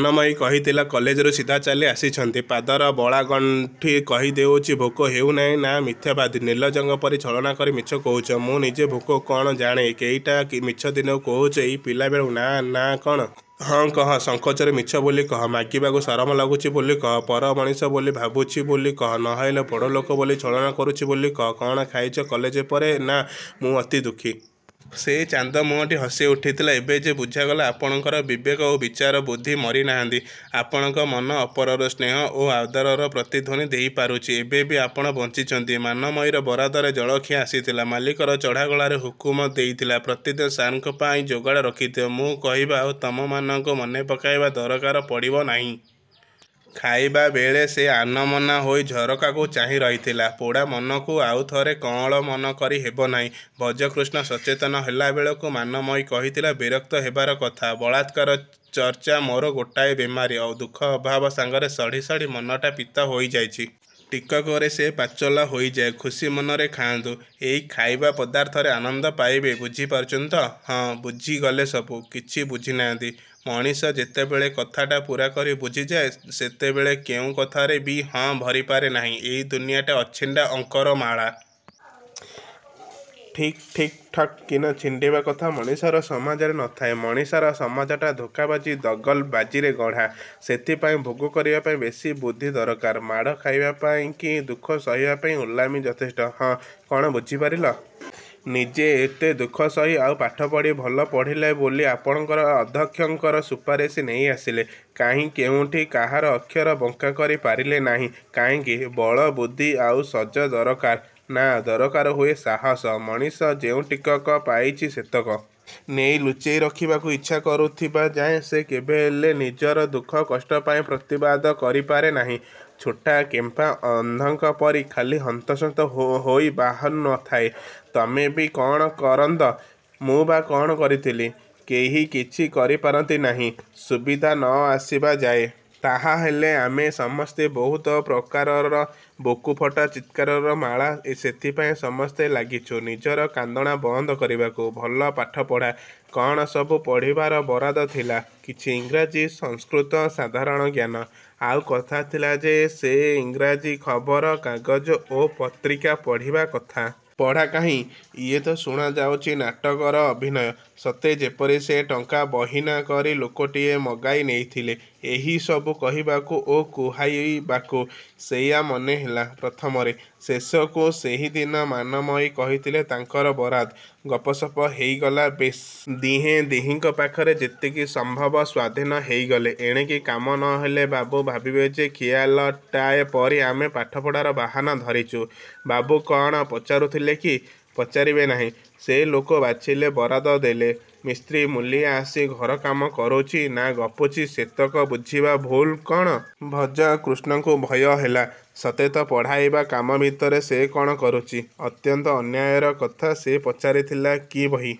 ମାନମୟୀ କହିଥିଲା–କଲେଜରୁ ସିଧା ଚାଲି ଆସିଛନ୍ତି। ପାଦର ବଳାଗଣ୍ଠି କହି ଦେଉଛି। ଭୋକ ହେଉ ନାହିଁ? –ନା। –ମିଥ୍ୟାବାଦୀ। ନିର୍ଲଜଙ୍କ ପରି ଛଳନା କରି ମିଛ କହୁଛ। ମୁଁ ନିଜେ ଭୋକ କ'ଣ ଜାଣେ। କେଇଟା ମିଛ ଦିନକୁ କହୁଛ ଏଇ ପିଲାବେଳୁଁ? –ନା। –ନା, କ'ଣ? ହଁ, କହ। ସଂକୋଚରେ ମିଛ ବୋଲି କହ। ମାଗିବାକୁ ସରମ ଲାଗୁଛି ବୋଲି କହ। ପର ମଣିଷ ବୋଲି ଭାବୁଛି ବୋଲି କହ। ନ ହେଲେ ବଡ଼ଲୋକ ବୋଲି ଛଳନା କରୁଛି ବୋଲି କହ କ'ଣ ଖାଇଛ କଲେଜ ପରେ? –ନା। ମୁଁ ଅତି ଦୁଃଖୀ। –ସେଇ ଚାନ୍ଦ ମୁହଁଟି ହସି ଉଠିଥିଲା। ଏବେ ଯେ ବୁଝାଗଲା ଆପଣଙ୍କର ବିବେକ ଓ ବିଚାର ବୁଦ୍ଧି ମରି ନାହାନ୍ତି। ଆପଣଙ୍କ ମନ ଅପରର ସ୍ନେହ ଓ ଆଦରର ପ୍ରତିଧ୍ୱନି ଦେଇ ପାରୁଛି। ଏବେ ବି ଆପଣ ବଞ୍ଚିଛନ୍ତି। ମାନମୟୀର ବରାଦରେ ଜଳଖିଆ ଆସିଥିଲା। ମାଲିକର ଚଢ଼ା ଗଳାରେ ହୁକୁମ ଦେଇଥିଲା–ପ୍ରତିଦିନ ସାର୍ଙ୍କ ପାଇଁ ଯୋଗାଡ଼ ରଖିଥିବ, ମୁଁ କହିବା ଆଉ ତମମାନଙ୍କୁ ମନେ ପକାଇବା ଦରକାର ପଡ଼ିବ ନାହିଁ। ଖାଇବାବେଳେ ସେ ଆନମନା ହୋଇ ଝରକାକୁ ଚାହିଁ ରହିଥିଲା। –ପୋଡ଼ା ମନକୁ ଆଉଥରେ କଅଁଳ ମନ କରି ହେବ ନାହିଁ। ଭଜକୃଷ୍ଣ ସଚେତନ ହେଲାବେଳକୁ ମାନମୟୀ କହିଥିଲା–ବିରକ୍ତ ହେବାର କଥା। ବଳାତ୍କାର ଚର୍ଚ୍ଚା ମୋର ଗୋଟାଏ ବେମାରି। ଦୁଃଖ ଅଭାବ ସାଙ୍ଗରେ ସଢ଼ି ସଢ଼ି ମନଟା ପିତା ହୋଇ ଯାଇଛି। ଟିକକରେ ସେ ପାଚଲା ହୋଇଯାଏ। ଖୁସି ମନରେ ଖାଆନ୍ତୁ। ଏଇ ଖାଇବାପଦାର୍ଥରେ ଆନନ୍ଦ ପାଇବେ ବୁଝି ପାରୁଛନ୍ତି ତ? –ହଁ। –ବୁଝିଗଲେ ସବୁ? କିଛି ବୁଝି ନାହାନ୍ତି। ମଣିଷ ଯେତେବେଳେ କଥାଟା ପୂରା କରି ବୁଝିଯାଏ ସେତେବେଳେ କେଉଁ କଥାରେ ବି ହଁ–ଭରିପାରେ ନାହିଁ। ଏଇ ଦୁନିଆଟା ଅଛିଣ୍ଡା ଅଙ୍କର ମାଳା। ଠିକ୍ ଠିକ୍ ଠକ୍ କିନା ଛିଣ୍ଡିବା କଥା ମଣିଷର ସମାଜରେ ନଥାଏ। ମଣିଷର ସମାଜଟା ଧୋକାବାଜି ଦଗଲ–ବାଜିରେ ଗଢ଼ା। ସେଥିପାଇଁ ଭୋଗ କରିବା ପାଇଁ ବେଶି ବୁଦ୍ଧି ଦରକାର। ମାଡ଼ ଖାଇବା ପାଇଁ କି ଦୁଃଖ ସହିବା ପାଇଁ ଓଲାମି ଯଥେଷ୍ଟ। –ହଁ। –କ'ଣ ବୁଝିପାରିଲ? ନିଜେ ଏତେ ଦୁଃଖ ସହି ଆଉ ପାଠପଢ଼ି ଭଲ ପଢ଼ିଲେ ବୋଲି ଆପଣଙ୍କର ଅଧ୍ୟକ୍ଷଙ୍କର ସୁପାରିସ ନେଇ ଆସିଲେ। କାହିଁ କେଉଁଠି କାହାର ଅକ୍ଷର ବଙ୍କାକରି ପାରିଲେ ନାହିଁ–କାହିଁକି? –ବଳ ବୁଦ୍ଧି ଆଉ ସଜ ଦରକାର। –ନା, ଦରକାର ହୁଏ ସାହସ। ମଣିଷ ଯେଉଁ ଟିକକ ପାଇଛି ସେତକ। ନେଇ ଲୁଚେଇ ରଖିବାକୁ ଇଛା କରୁଥିବା ଯାଏ ସେ କେବେହେଲେ ନିଜର ଦୁଃଖ–କଷ୍ଟ ପାଇଁ ପ୍ରତିବାଦ କରିପାରେ ନାହିଁ। ଛୋଟା କେମ୍ପା ଅନ୍ଧଙ୍କ ପରି ଖାଲି ହନ୍ତସନ୍ତ ହୋଇ ବାହୁନୁଥାଏ। ତମେ ବି କ'ଣ କରନ୍ତ? ମୁଁ ବା କ'ଣ କରିଥିଲି? –କେହି କିଛି କରିପାରନ୍ତି ନାହିଁ ସୁବିଧା ନ ଆସିବା ଯାଏ। –ତାହାହେଲେ ଆମେ ସମସ୍ତେ ବହୁତ ପ୍ରକାରର ବୁକୁଫଟା ଚିତ୍କାରର ମାଳା। ସେଥିପାଇଁ ସମସ୍ତେ ଲାଗିଛୁ ନିଜର କାନ୍ଦଣା ବନ୍ଦ କରିବାକୁ। –ଭଲ ପାଠ ପଢ଼ା? କ'ଣ ସବୁ ପଢ଼ିବାର ବରାଦ ଥିଲା? –କିଛି ଇଂରାଜୀ–ସଂସ୍କୃତ–ସାଧାରଣ ଜ୍ଞାନ। ଆଉ କଥା ଥିଲା ଯେ ସେ ଇଂରାଜୀ ଖବର କାଗଜ ଓ ପତ୍ରିକା ପଢ଼ିବା କଥା। –ପଢ଼ା କାହିଁ? ଇଏ ତ ଶୁଣାଯାଉଛି ନାଟକର ଅଭିନୟ। ସତେ ଯେପରି ସେ ଟଙ୍କା ବହିନା କରି ଲୋକଟିଏ ମଗାଇ ନେଇଥିଲେ ଏହିସବୁ କହିବାକୁ ଓ କୁହାଇବାକୁ। –ସେଇଆ ମନେ ହେଲା ପ୍ରଥମରେ। –ଶେଷକୁ। –ସେହିଦିନ ମାନମୟୀ କହିଥିଲେ ତାଙ୍କର ବରାଦ। ଗପସପ ହେଇଗଲା ବେଶ୍। ଦିହେଁ ଦିହିଁଙ୍କ ପାଖରେ ଯେତିକି ସମ୍ଭବ ସ୍ୱାଧୀନ ହେଇଗଲେ। ଏଣିକି କାମ ନ ହେଲେ ବାବୁ ଭାବିବେ ଯେ ଖିଆଲଟାଏ ପରି ଆମେ ପାଠପଢ଼ାର ବାହାନା ଧରିଛୁ। –ବାବୁ କ'ଣ ପଚାରୁଥିଲେ କି? –ପଚାରିବେ ନାହିଁ? ସେ ଲୋକ ବାଛିଲେ। ବରାଦ ଦେଲେ। ମିସ୍ତ୍ରୀ ମୂଲିଆ ଆସି ଘରକାମ କରୁଛି ନା ଗପୁଛି ସେତକ ବୁଝିବା ଭୁଲ କ'ଣ? ଭଜକୃଷ୍ଣଙ୍କୁ ଭୟ ହେଲା। –ସତେ ତ ପଢ଼ାଇବା କାମ ଭିତରେ ସେ କ'ଣ କରୁଛି? ଅତ୍ୟନ୍ତ ଅନ୍ୟାୟର କଥା। ସେ ପଚାରିଥିଲା–କି ବହି?